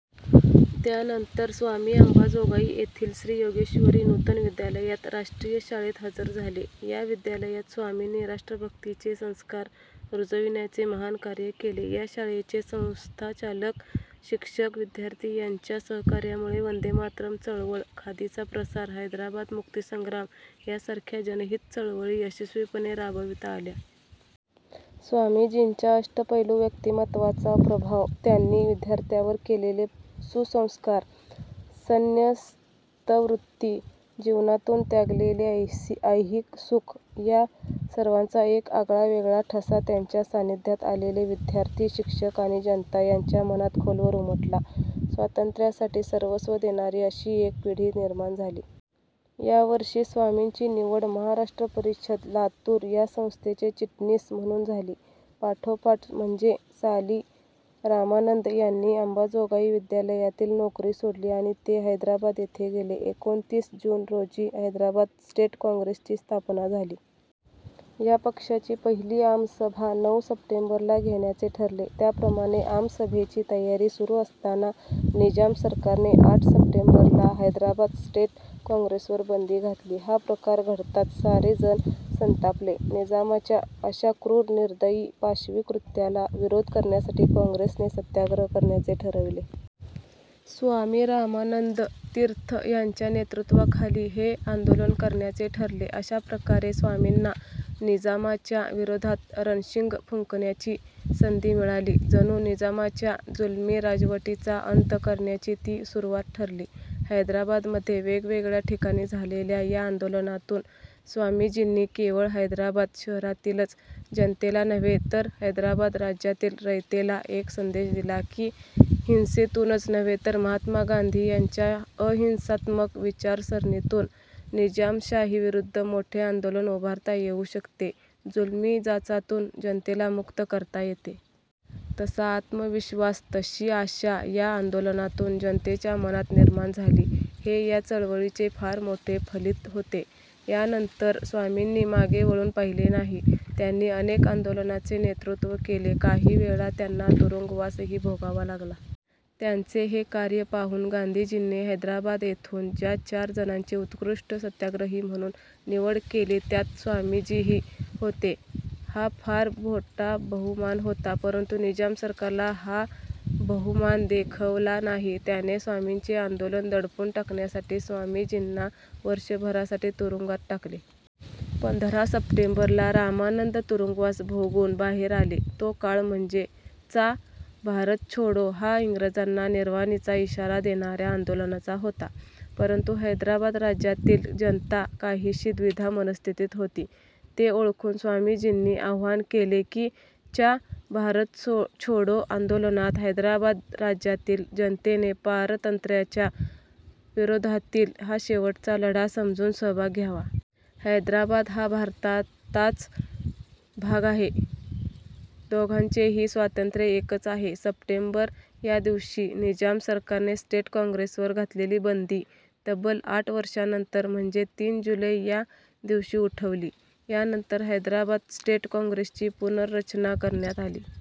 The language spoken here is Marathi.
त्यानंतर स्वामी अंबाजोगाई येथील श्री योगेश्वरी नूतन विद्यालयात राष्ट्रीय शाळेत हजर झाले. या विद्यालयात स्वामींनी राष्ट्रभक्तीचे संस्कार रुजविण्याचे महान कार्य केले. या शाळेचे संस्थाचालक, शिक्षक, विद्यार्थी यांच्या सहकार्यामुळे वंदे मातरम् चळवळ, खादीचा प्रसार, हैदराबाद मुक्तीसंग्राम यासारख्या जनहित चळवळी यशस्वीपणे राबविता आल्या. स्वामीजींच्या अष्टपैलू व्यक्तिमत्त्वाचा प्रभाव, त्यांनी विद्यार्थ्यांवर केलेले सुसंस्कार, संन्यस्तवृत्ती, जीवनातून त्यागलेले ऐहिक सुख या सर्वांचा एक आगळावेगळा ठसा त्यांच्या सान्निध्यात आलेले विद्यार्थी, शिक्षक आणि जनता यांच्या मनात खोलवर उमटला. स्वातंत्र्यासाठी सर्वस्व देणारी अशी एक पिढी निर्माण झाली. यावर्षी स्वामींची निवड महाराष्ट्र परिषद, लातूर या संस्थेचे चिटणीस म्हणून झाली. पाठोपाठ म्हणजे साली रामानंद यांनी अंबाजोगाई विद्यालयातील नोकरी सोडली आणि ते हैदराबाद येथे गेले. एकोणतीस जून रोजी हैदराबाद स्टेट काँग्रेसची स्थापना झाली. या पक्षाची पहिली आमसभा नऊ सप्टेंबरला घेण्याचे ठरले. त्याप्रमाणे आमसभेची तयारी सुरू असताना निजाम सरकारने आठ सप्टेंबरला हैदराबाद स्टेट काँग्रेसवर बंदी घातली. हा प्रकार घडताच सारे जण संतापले. निजामाच्या अशा क्रूर, निर्दयी, पाशवी कृत्याला विरोध करण्यासाठी काँग्रेसने सत्याग्रह करण्याचे ठरवले. स्वामी रामानंद तीर्थ यांच्या नेतृत्वाखाली हे आंदोलन करण्याचे ठरले. अशाप्रकारे स्वामींना निजामाच्या विरोधात रणशिंग फुंकण्याची संधी मिळाली. जणू निजामाच्या जुलमी राजवटीचा अंत करण्याची ती सुरुवात ठरली. हैदराबादमध्ये वेगवेगळ्या ठिकाणी झालेल्या या आंदोलनातून स्वामीजींनी केवळ हैदराबाद शहरातीलच जनतेला नव्हे, तर हैदराबाद राज्यातील रयतेला एक संदेश दिला की, हिंसेतूनच नव्हे तर महात्मा गांधी यांच्या अहिंसात्मक विचारसरणीतून निजामशाहीविरुद्ध मोठे आंदोलन उभारता येऊ शकते, जुलमी जाचातून जनतेला मुक्त करता येते. तसा आत्मविश्वास, तशी आशा या आंदोलनातून जनतेच्या मनात निर्माण झाली, हे या चळवळीचे फार मोठे फलित होते. यानंतर स्वामींनी मागे वळून पाहिले नाही. त्यांनी अनेक आंदोलनाचे नेतृत्व केले. काही वेळा त्यांना तुरुंगवासही भोगावा लागला. त्यांचे हे कार्य पाहून गांधीजींनी हैदराबाद येथून ज्या चार जणांची उत्कृष्ट सत्याग्रही म्हणून निवड केली, त्यात स्वामीजीही होते. हा फार मोठा बहुमान होता, परंतु निजाम सरकारला हा बहुमान देखवला नाही. त्याने स्वामींचे आंदोलन दडपून टाकण्यासाठी स्वामीजींना वर्षभरासाठी तुरुंगात टाकले. पंधरा सप्टेंबरला रामानंद तुरुंगवास भोगून बाहेर आले. तो काळ म्हणजे चा भारत छोडो हा इंग्रजांना निर्वाणीचा इशारा देणाऱ्या आंदोलनाचा होता, परंतु हैदराबाद राज्यातील जनता काहीशी द्विधा मनःस्थितीत होती. ते ओळखून स्वामीजींनी आवाहन केले की, च्या भारत छोडो आंदोलनात हैदराबाद राज्यातील जनतेने पारतंत्र्याच्या विरोधातील हा शेवटचा लढा समजून सहभाग घ्यावा. हैदराबाद हा भारताताच भाग आहे. दोघांचेही स्वातंत्र्य एकच आहे. सप्टेंबर या दिवशी निजाम सरकारने स्टेट काँग्रेसवर घातलेली बंदी तब्बल आठ वर्षांनंतर म्हणजे तीन जुलै या दिवशी उठवली. यानंतर हैदराबाद स्टेट काँग्रेसची पुनर्रचना करण्यात आली.